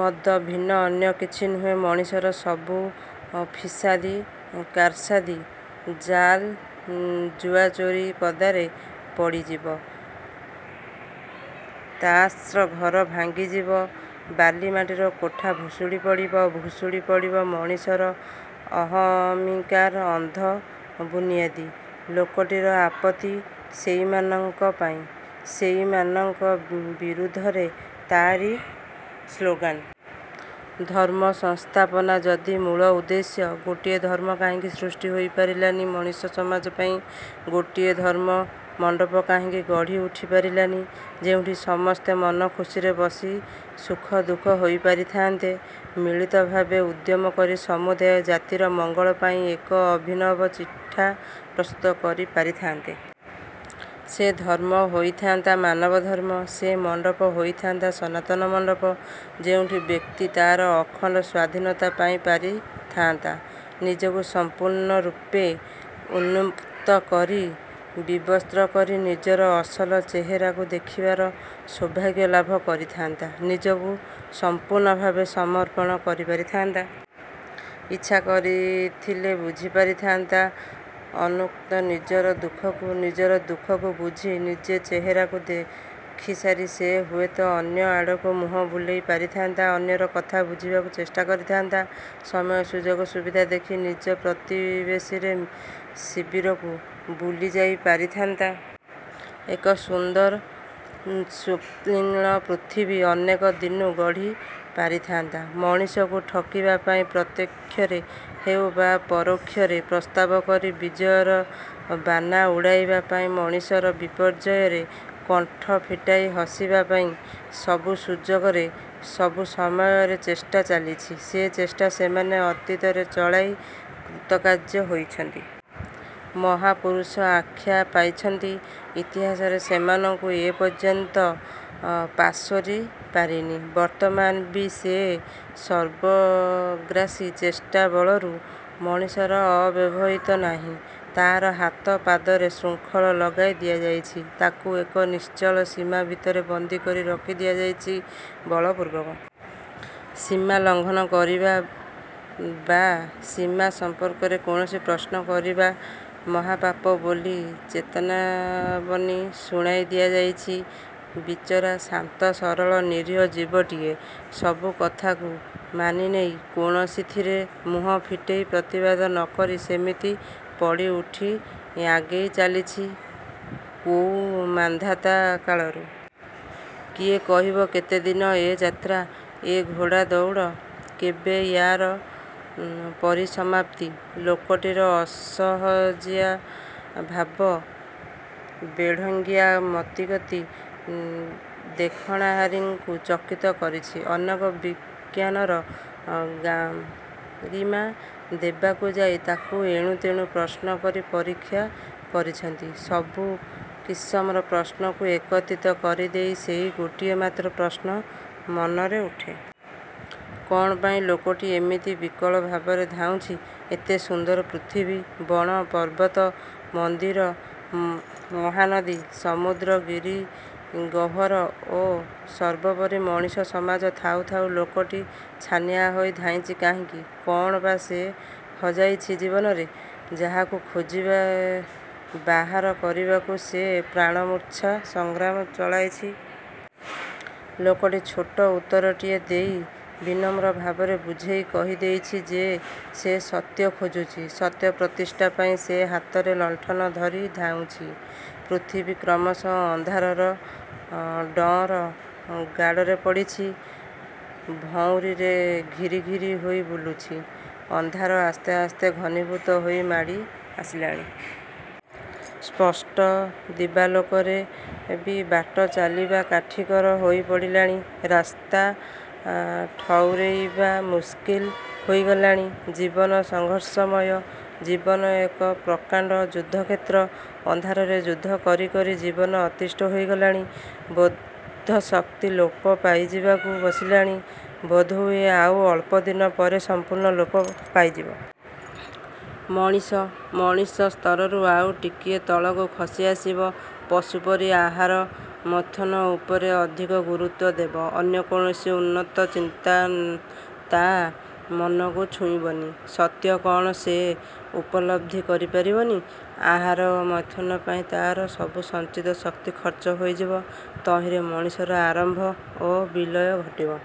ମଦ ଭିନ୍ନ ଅନ୍ୟ କିଛି ନୁହେଁ। ମଣିଷର ସବୁ ଫିସାଦି କାରସାଦି, ଜାଲ୍ ଜୁଆଚୋରି ପଦାରେ ପଡ଼ିଯିବ। ତାସ୍ର ଘର ଭାଙ୍ଗିଯିବ। ବାଲିମାଟିର କୋଠା ଭୁଷୁଡ଼ି ପଡ଼ିବ। ଭୁଷୁଡ଼ି ପଡ଼ିବ ମଣିଷର ଅହମିକାର ଅନ୍ଧ ବୁନିଆଦି। ଲୋକଟିର ଆପତ୍ତି ସେଇମାନଙ୍କ ପାଇଁ। ସେଇମାନଙ୍କ ବିରୁଦ୍ଧରେ ତା'ରି ସ୍ଳୋଗାନ୍। ଧର୍ମ ସଂସ୍ଥାପନା ଯଦି ମୂଳ ଉଦ୍ଦେଶ୍ୟ, ଗୋଟିଏ ଧର୍ମ କାହିଁକି ସୃଷ୍ଟି ହୋଇ ପାରିଲାନି ମଣିଷ ସମାଜ ପାଇଁ। ଗୋଟିଏ ଧର୍ମ ମଣ୍ଡପ କାହିଁକି ଗଢ଼ି ଉଠି ପାରିଲାନି? ଯେଉଁଠି ସମସ୍ତେ ମନଖୁସିରେ ବସି ସୁଖଦୁଃଖ ହୋଇ ପାରିଥାନ୍ତେ। ମିଳିତଭାବେ ଉଦ୍ୟମ କରି ସମୁଦାୟ ଜାତିର ମଙ୍ଗଳ ପାଇଁ ଏକ ଅଭିନବ ଚିଠା ପ୍ରସ୍ତୁତ କରି ପାରିଥାନ୍ତେ। ସେ ଧର୍ମ ହୋଇଥାନ୍ତା ମାନବ ଧର୍ମ। ସେ ମଣ୍ଡପ ହୋଇଥାନ୍ତା ସନାତନ ମଣ୍ଡପ। ଯେଉଁଠି ବ୍ୟକ୍ତି ତା'ର ଅଖଣ୍ଡ ସ୍ୱାଧୀନତା ପାଇ ପାରିଥାନ୍ତା। ନିଜକୁ ସମ୍ପୂର୍ଣ୍ଣ ରୂପେ ଉନ୍ମୁକ୍ତ କରି, ବିବସ୍ତ୍ର କରି ନିଜର ଅସଲ ଚେହେରାକୁ ଦେଖିବାର ସୌଭାଗ୍ୟ ଲାଭ କରିଥାନ୍ତା। ନିଜକୁ ସମ୍ପୂର୍ଣ୍ଣଭାବେ ସମର୍ପଣ କରିପାରିଥାନ୍ତା। ଇଚ୍ଛା କରିଥିଲେ ବୁଝି ପାରିଥାନ୍ତା ଅନ୍ତତଃ ନିଜର ଦୁଃଖକୁ। ନିଜର ଦୁଃଖକୁ ବୁଝି, ନିଜ ଚେହେରାକୁ ଦେଖିସାରି ସେ ହୁଏତ ଅନ୍ୟଆଡ଼କୁ ମୁହଁ ବୁଲେଇ ପାରୁଥାନ୍ତା। ଅନ୍ୟର କଥା ବୁଝିବାକୁ ଚେଷ୍ଟା କରିଥାନ୍ତା। ସମୟ, ସୁଯୋଗ ସୁବିଧା ଦେଖି ନିଜ ପ୍ରତିବେଶୀର ଶିବିରକୁ ବୁଲିଯାଇ ପାରିଥାନ୍ତା। ଏକ ସୁନ୍ଦର ସ୍ୱପ୍ନିଳ ପୃଥିବୀ ଅନେକ ଦିନୁ ଗଢ଼ି ପାରିଥାନ୍ତା। ମଣିଷକୁ ଠକିବାପାଇଁ, ପ୍ରତ୍ୟେକ୍ଷରେ ହେଉ ବା ପରୋକ୍ଷରେ ପରାସ୍ତ କରି ବିଜୟର ବାନା ଉଡ଼ାଇବା ପାଇଁ, ମଣିଷର ବିପର୍ଯ୍ୟୟରେ କଣ୍ଠ ଫିଟାଇ ହସିବା ପାଇଁ, ସବୁ ଯୁଗରେ ସବୁ ସମୟରେ ଚେଷ୍ଟା ଚାଲିଛି। ସେ ଚେଷ୍ଟା ସେମାନେ ଅତୀତରେ ଚଳାଇ କୃତକାର୍ଯ୍ୟ ହୋଇଛନ୍ତି। ମହାପୁରୁଷ ଆଖ୍ୟା ପାଇଛନ୍ତି। ଇତିହାସ ସେମାନଙ୍କୁ ଏପର୍ଯ୍ୟନ୍ତ ପାସୋରି ପାରିନି। ବର୍ତ୍ତମାନ ବି ସେ ସର୍ବଗ୍ରାସୀ ଚେଷ୍ଟା କବଳରୁ ମଣିଷର ଅବ୍ୟାହତି ନାହିଁ। ତା'ର ହାତ ପାଦରେ ଶୃଙ୍ଖଳ ଲଗାଇ ଦିଆଯାଇଛି। ତାକୁ ଏକ ନିଶ୍ଚିତ ସୀମା ଭିତରେ ବନ୍ଦି କରି ରଖି ଦିଆଯାଇଛି ବଳପୂର୍ବକ। ସୀମା ଲଙ୍ଘନ କରିବା ବା' ସୀମା ସମ୍ପର୍କରେ କୌଣସି ପ୍ରଶ୍ନ କରିବା ମହାପାପ ବୋଲି ଚେତାବନୀ ଶୁଣାଇ ଦିଆଯାଇଛି। ବିଚରା, ଶାନ୍ତ ସରଳ ନିରୀହ ଜୀବଟିଏ! ସବୁ କଥାକୁ ମାନିନେଇ, କୌଣସିଥିରେ ମୁହଁ ଫିଟେଇ ପ୍ରତିବାଦ ନକରି ସେମିତି ପଡ଼ିଉଠି ଆଗେଇ ଚାଲିଛି କୋଉ ମାନ୍ଧାତା କାଳରୁ! କିଏ କହିବ କେତେଦିନ ଏ ଯାତ୍ରା; ଏ ଘୋଡ଼ା ଦଉଡ଼। କେବେ ୟା'ର ପରିସମାପ୍ତି!! ଲୋକଟିର ଅସହଜିଆ ଭାବ, ବେଢଙ୍ଗିଆ ମତିଗତି ଦେଖଣାହାରିଙ୍କୁ ଚକିତ କରିଛି। ଅନେକ ବିଜ୍ଞାନର ଗାରିମା ଦେବାକୁ ଯାଇ ତାକୁ ଏଣୁତେଣୁ ପ୍ରଶ୍ନକରି ପରୀକ୍ଷା କରିଛନ୍ତି। ସବୁ କିସମର ପ୍ରଶ୍ନକୁ ଏକତ୍ରିତ କରିଦେଲେ ସେଇ ଗୋଟିଏ ମାତ୍ର ପ୍ରଶ୍ନ ମନରେ ଉଠେ। କ'ଣ ପାଇଁ ଲୋକଟି ଏମିତି ବିକଳ ଭାବରେ ଧାଉଁଛି? ଏତେ ସୁନ୍ଦର ପୃଥିବୀ, ବଣ, ପର୍ବତ, ମନ୍ଦିର, ନହାନଦୀ, ସମୁଦ୍ର ଗିରିଗହ୍ୱର ଓ ସର୍ବୋପରି ମଣିଷ ସମାଜ ଥାଉ ଥାଉ, ଲୋକଟି ଛାନିଆ ହୋଇ ଧାଉଁଛି କାହିଁକି? କ'ଣ ବା' ସେ ହଜାଇଛି ଜୀବନରେ? ଯାହାକୁ ଖୋଜି ବାହାର କରିବାକୁ ସେ ପ୍ରାଣମୂର୍ଚ୍ଛା ସଂଗ୍ରାମ ଚଳାଇଛି। ଲୋକଟି ଛୋଟ ଉତ୍ତରଟିଏ ଦେଇ ବିନମ୍ର ଭାବରେ ବୁଝେଇ କହି ଦେଇଛି ଯେ ସେ ସତ୍ୟ ଖୋଜୁଛି। ସତ୍ୟ ପ୍ରତିଷ୍ଠା ପାଇଁ ସେ ହାତରେ ଲଣ୍ଠନ ଧରି ଧାଉଁଛି। ପୃଥିବୀ କ୍ରମଶଃ ଅନ୍ଧାରର ଡଅଁର ଗାଡ଼ରେ ପଡ଼ିଛି। ଭଉଁରୀରେ ଘିରିଘିରି ହୋଇ ବୁଲୁଛି। ଅନ୍ଧାର ଆସ୍ତେ ଆସ୍ତେ ଘନୀଭୂତ ହୋଇ ମାଡ଼ି ଆସିଲାଣି। ସ୍ପଷ୍ଟ ଦିବାଲୋକରେ ବି ବାଟଚାଲିବା କାଠିକର ହୋଇ ପଡ଼ିଲାଣି। ରାସ୍ତା ଠଉରେଇବା ମୁସ୍କିଲ୍ ହୋଇଗଲାଣି। ଜୀବନ ସଂଘର୍ଷମୟ। ଜୀବନ ଏକ ପ୍ରକାଣ୍ଡ ଯୁଦ୍ଧକ୍ଷେତ୍ର। ଅନ୍ଧାରରେ ଯୁଦ୍ଧ କରିକରି ଜୀବନ ଅତିଷ୍ଟ ହୋଇଗଲାଣି। ବୋଧଶକ୍ତି ଲୋପ ପାଇଯିବାକୁ ବସିଲାଣି। ବୋଧହୁଏ ଆଉ ଅଳ୍ପଦିନ ପରେ ସମ୍ପୂର୍ଣ୍ଣ ଲୋପ ପାଇଯିବ। ମଣିଷ, ମଣିଷ ସ୍ତରରୁ ଆଉ ଟିକିଏ ତଳକୁ ଖସି ଆସିବ-। ପଶୁପରି ଆହାର ମୈଥୁନ ଉପରେ ଅଧିକ ଗୁରୁତ୍ୱ ଦେବ। ଅନ୍ୟ କୌଣସି ଉନ୍ନତ ଚିନ୍ତା ତା' ମନକୁ ଛୁଇଁବନି। ସତ୍ୟ କ'ଣ ସେ ଉପଲବ୍ଧି କରି ପାରିବନି। ଆହାର ଓ ମୈଥୁନ ପାଇଁ ତା'ର ସବୁ ସଞ୍ଚିତ ଶକ୍ତି ଖର୍ଚ୍ଚ ହୋଇଯିବ। ତହିଁରେ ମଣିଷର ଆରମ୍ଭ ଓ ବିଲୟ ଘଟିବ।